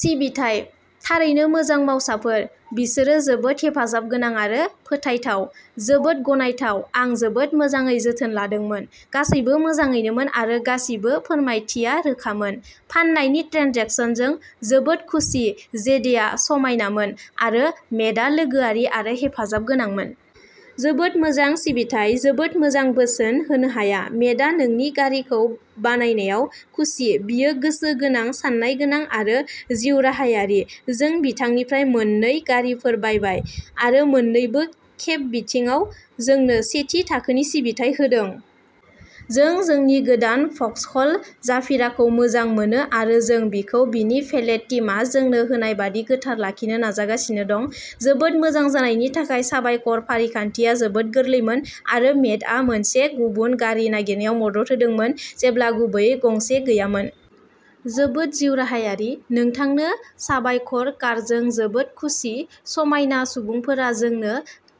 सिबिथाइ, थारैनो मोजां मावसाफोर। बिसोरो जोबोद हेफाजाबगोनां आरो फोथायथाव। जोबोद गनायथाव। आं जोबोद मोजाङै जोथोन लादोंमोन, गासैबो मोजाङैमोन आरो गासिबो फोरमायथिया रोखामोन। फान्नायनि ट्रेन्जेकसनजों जोबोद खुसि, जेडेआ समायनामोन आरो मेटआ लोगोआरि आरो हेफाजाबगोनांमोन। जोबोद मोजां सिबिथाइ। जोबोद मोजां बोसोन होनो हाया। मेटआ नोंनि गारिखौ बायनायाव खुसि। बियो गोसो गोनां, सान्नाय गोनां आरो जिउराहायारि। जों बिथांनिफ्राय मोन नै गारिफोर बायबाय आरो मोन्नैबो खेब बिथिङाव जोंनो सेथि थाखोनि सिबिथाइ होदों। जों जोंनि गोदान भक्सहल जाफिराखौ मोजां मोनो आरो जों बेखौ बिनि भेलेट टीमआ जोंनो होनाय बायदि गोथार लाखिनो नाजागासिनो दं। जोबोद मोजां जानायनि थाखाय साबायखर। फारिखान्थिया जोबोद गोरलैमोन आरो मेटआ मोनसे गुबुन गारि नागिरनायाव मदद होदोंमोन जेब्ला गुबैयै गंसे गैयामोन। जोबोद जिउराहायारि। नोंथांनो साबायखर। कारजों जोबोद खुसि, समायना सुबुंफोरा जोंनो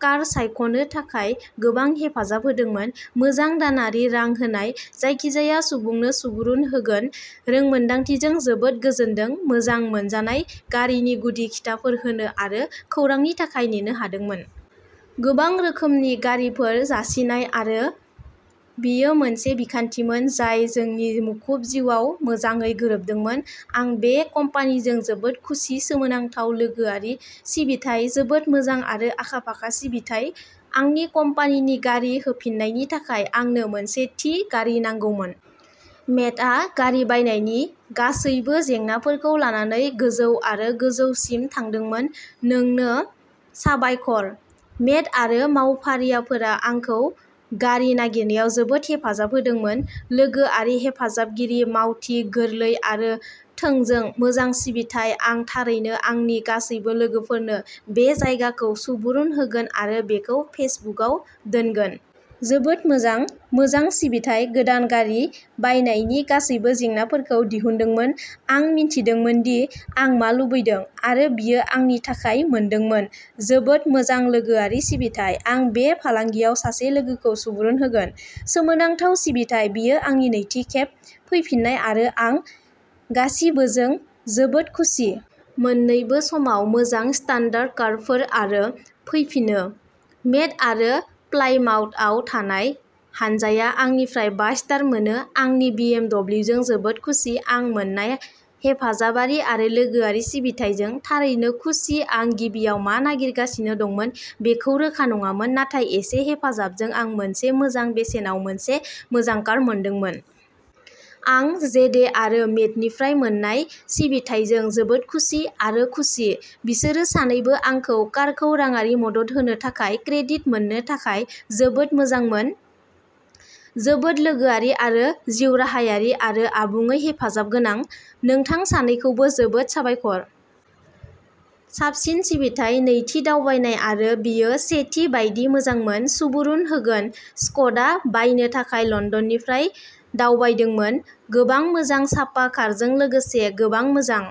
कार सायख'नो थाखाय गोबां हेफाजाब होदोंमोन। मोजां दानारि रां होनाय, जायखिजाया सुबुंनो सुबुरुन होगोन। रोंमोन्दांथिजों जोबोद गोजोनदों। मोजां मोनजानाय गारिनि गुदि खिथाफोर होनो आरो खौरांनि थाखाय नेनो हादोंमोन। गोबां रोखोमनि गारिफोर जासिनाय आरो बेयो मोनसे बिखान्थिमोन जाय जोंनि मुखुब जिउआव मोजाङै गोरोबदोंमोन। आं बे कम्पानिजों जोबोद खुसि, सोमोनांथाव लोगोआरि सिबिथाइ! जोबोद मोजां आरो आखा-फाखा सिबिथाइ! आंनि कम्पानिनि गारि होफिन्नायनि थाखाय आंनो मोनसे थि गारि नांगौमोन। मेटआ गारि बायनायनि गासैबो जेंनाफोरखौ लानानै गोजौ आरो गोजौसिम थांदोंमोन। नोंनो साबायखर!! मेट आरो मावफारियाफोरा आंखौ गारि नागिरनायाव जोबोद हेफाजाब होदोंमोन। लोगोआरि हेफाजाबगिरि मावथि, गोरलै आरो थोंजों। मोजां सिबिथाइ, आं थारैनो आंनि गासैबो लोगोफोरनो बे जायगाखौ सुबुरुन होगोन आरो बेखौ फेसबुकआव दोनगोन। जोबोद मोजां! मोजां सिबिथाइ-गोदान गारि बायनायनि गासैबो जेंनाफोरखौ दिहुनदोंमोन-आं मिथिदोंमोन दि आं मा लुबैदों आरो बेयो आंनि थाखाय मोनदोंमोन। जोबोद मोजां लोगोआरि सिबिथाइ। आं। बे फालांगियाव सासे लोगोखौ सुबुरुन होगोन!! सोमोनांथाव सिबिथाइ, बेयो आंनि नैथि खेब फैफिन्नाय आरो आं गासिबोजों जोबोद खुसि! मोननैबो समाव मोजां स्टान्डार्ड कारफोर आरो फैफिनो! मेट आरो प्लायमाउथआव थानाय हानजाया आंनिफ्राय बा स्टार मोनो। आंनि बि एम डब्लिउ जों जोबोद खुसि!! आं मोन्नाय हेफाजाबारि आरो लोगोआरि सिबिथाइजों थारैनो खुसि। आं गिबियाव मा नागिरगासिनो दंमोन बेखौ रोखा नङामोन, नाथाय एसे हेफाजाबजों आं मोनसे मोजां बेसेनाव मोनसे मोजां कार मोनदोंमोन! आं जेडे आरो मेटनिफ्राय मोन्नाय सिबिथाइजों जोबोद खुसि आरो खुसि, बिसोरो सानैबो आंखौ कारखौ राङारि मदद होनो थाखाय क्रेडिट मोननो थाखाय जोबोद मोजांमोन। जोबोद लोगोआरि आरो जिउराहायारि आरो आबुङै हेफाजाबगोनां। नोंथां सानैखौबो जोबोद साबायखर! साबसिन सिबिथाइ, नैथि दावबायनाय आरो बेयो सेथि बायदि मोजांमोन। सुबुरुन होगोन! स्क'डा बायनो थाखाय लन्दननिफ्राय दावबायदोंमोन। गोबां मोजां साफा कारजों लोगोसे गोबां मोजां।